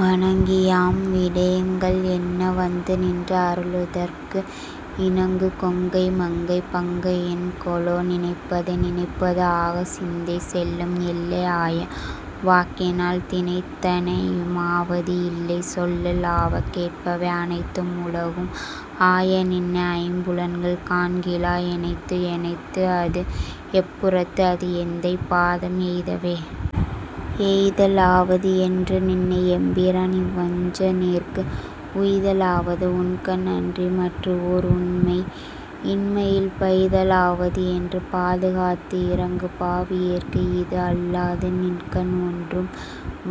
வணங்கியாம் விடேங்கள் என்ன வந்து நின்று அருளுதற்கு இணங்கு கொங்கை மங்கை பங்க என் கொலோ நினைப்பதே. நினைப்பது ஆக சிந்தை செல்லும் எல்லை ஆய வாக்கினால் தினைத் தனையும் ஆவது இல்லை சொல்லல் ஆவ கேட்பவே அனைத்து உலகும் ஆய நின்னை ஐம்புலன்கள் காண்கிலா எனைத்து எனைத்து அது எப்புறத்து அது எந்தை பாதம் எய்தவே. எய்தல் ஆவது என்று நின்னை எம்பிரான் இவ்வஞ்சனேற்கு உய்தல் ஆவது உன் கண் அன்றி மற்று ஓர் உண்மை இன்மையில் பைதல் ஆவது என்று பாதுகாத்து இரங்கு பாவியேற்கு ஈது அல்லாது நின்கண் ஒன்றும்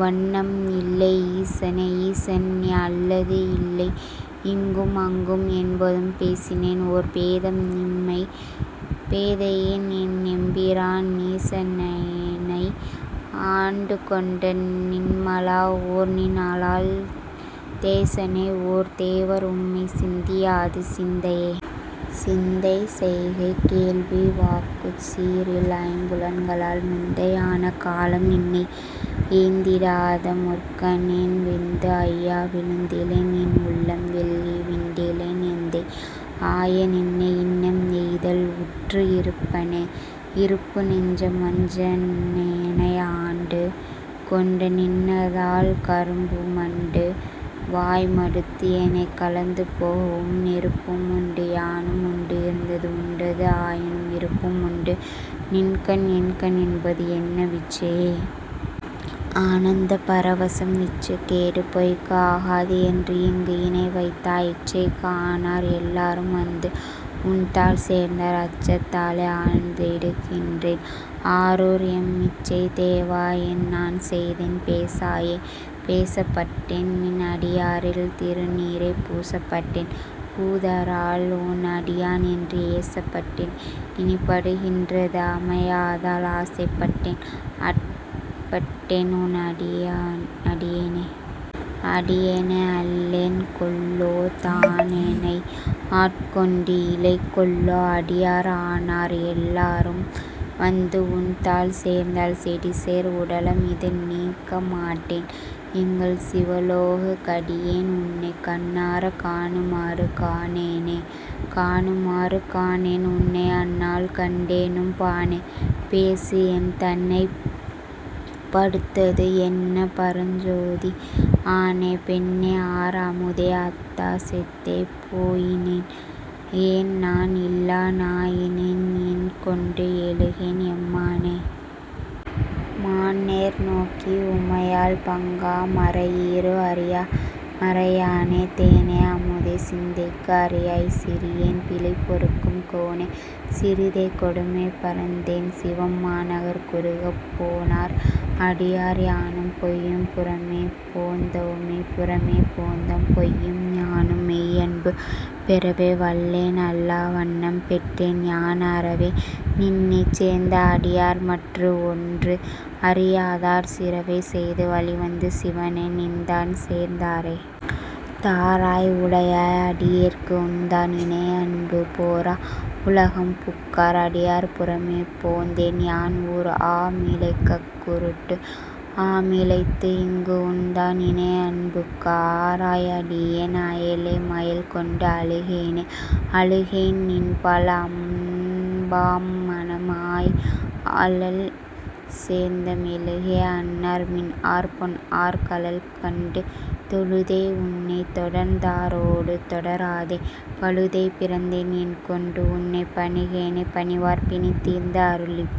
வண்ணம் இல்லை ஈசனே. ஈசனே நீ அல்லது இல்லை இங்கும் அங்கும் என்பதும் பேசினேன் ஓர் பேதம் இன்மை பேதையேன் என் எம்பிரான் நீசனேனை ஆண்டுகொண்ட நின்மலா ஓர் நின் அலால் தேசனே ஓர் தேவர் உண்மை சிந்தியாது சிந்தையே. சிந்தை செய்கை கேள்வி வாக்குச் சீர் இல் ஐம்புலன்களால் முந்தை ஆன காலம் நின்னை எய்திடாத மூர்க்கனேன் வெந்து ஐயா விழுந்திலேன் என் உள்ளம் வெள்கி விண்டிலேன் எந்தை ஆய நின்னை இன்னம் எய்தல் உற்று இருப்பனே. இருப்பு நெஞ்சம் வஞ்சனேனை ஆண்டு கொண்ட நின்னதாள் கருப்புமட்டு வாய் மடுத்து எனைக் கலந்து போகவும் நெருப்பும் உண்டு யானும் உண்டு இருந்தது உண்டது ஆயினும் விருப்பும் உண்டு நின்கண் என்கண் என்பது என்ன விச்சையே.. ஆனந்த பரவரசம் விச்சுக் கேடு பொய்க்கு ஆகாது என்று இங்கு இனை வைத்தாய் இச்சைக்கு ஆனார் எல்லாரும் வந்து உன்தாள் சேர்ந்தார் அச்சத்தாலே ஆழ்ந்திடுகின்றேன் ஆரூர் எம் மிச்சைத் தேவா என் நான் செய்தேன் பேசாயே. பேசப்பட்டேன் நின் அடியாரில் திருநீறே பூசப்பட்டேன் பூதரால் உன் அடியான் என்று ஏசப்பட்டேன் இனிப்படுகின்றது அமையாதால் ஆசைப்பட்டேன் ஆட்பட்டேன் உன் அடியேனே. அடியேன் அல்லேன் கொல்லோ தானெனை ஆட்கொண்டு இலை கொல்லோ அடியார் ஆனார் எல்லாரும் வந்து உன்தாள் சேர்ந்தார் செடிசேர் உடலம் இது நீக்கமாட்டேன் எங்கள் சிவலோகா கடியேன் உன்னைக் கண்ணாரக் காணுமாறு காணேனே. காணுமாறு காணேன் உன்னை அந்நாள் கண்டேனும் பாணே பேசி என் தன்னைப் படுத்தது என்ன பரஞ்சோதி ஆணே பெண்ணே ஆர் அமுதே அத்தா செத்தே போயினேன் ஏண் நாண் இல்லா நாயினேன் என்கொண்டு எழுகேன் எம்மானே. மான் நேர் நோக்கி உமையாள் பங்கா மறை ஈறு அறியா மறையானே தேனே அமுதே சிந்தைக்கு அரியாய் சிறியேன் பிழை பொறுக்கும் கோனே சிறிதே கொடுமை பறைந்தேன் சிவம் மாநகர் குறுகப் போனார் அடியார் யானும் பொய்யும் புறமே போந்தோமே. புறமே போந்தோம் பொய்யும் யானும் மெய் அன்பு பெறவே வல்லேன் அல்லா வண்ணம் பெற்றேன் யான் அறவே நின்னைச் சேர்ந்த அடியார் மற்று ஒன்று அறியாதார் சிறவே செய்து வழிவந்து சிவனே நின்தான் சேர்ந்தாரே. தாராய் உடையாய் அடியேற்கு உன்தான் இணை அன்பு போரா உலகம் புக்கார் அடியார் புறமே போந்தேன் யான் ஊர் ஆ மிலைக்கக் குருட்டு ஆமிலைத்து இங்கு உன்தான் இணை அன்புக்கு ஆராய் அடியேன் அயலே மயல் கொண்டு அழுகேனே. அழுகேன் நின்பால் அன்பாம் மனம் ஆய் அழல் சேர்ந்த மெழுகே அன்னார் மின்ஆர் பொன் ஆர் கழல் கண்டு தொழுதே உன்னைத் தொடர்ந்தாரோடும் தொடராதே பழுதே பிறந்தேன் என் கொண்டு உன்னைப் பணிகேனே. பணிவார் பிணி தீர்ந்து அருளிப்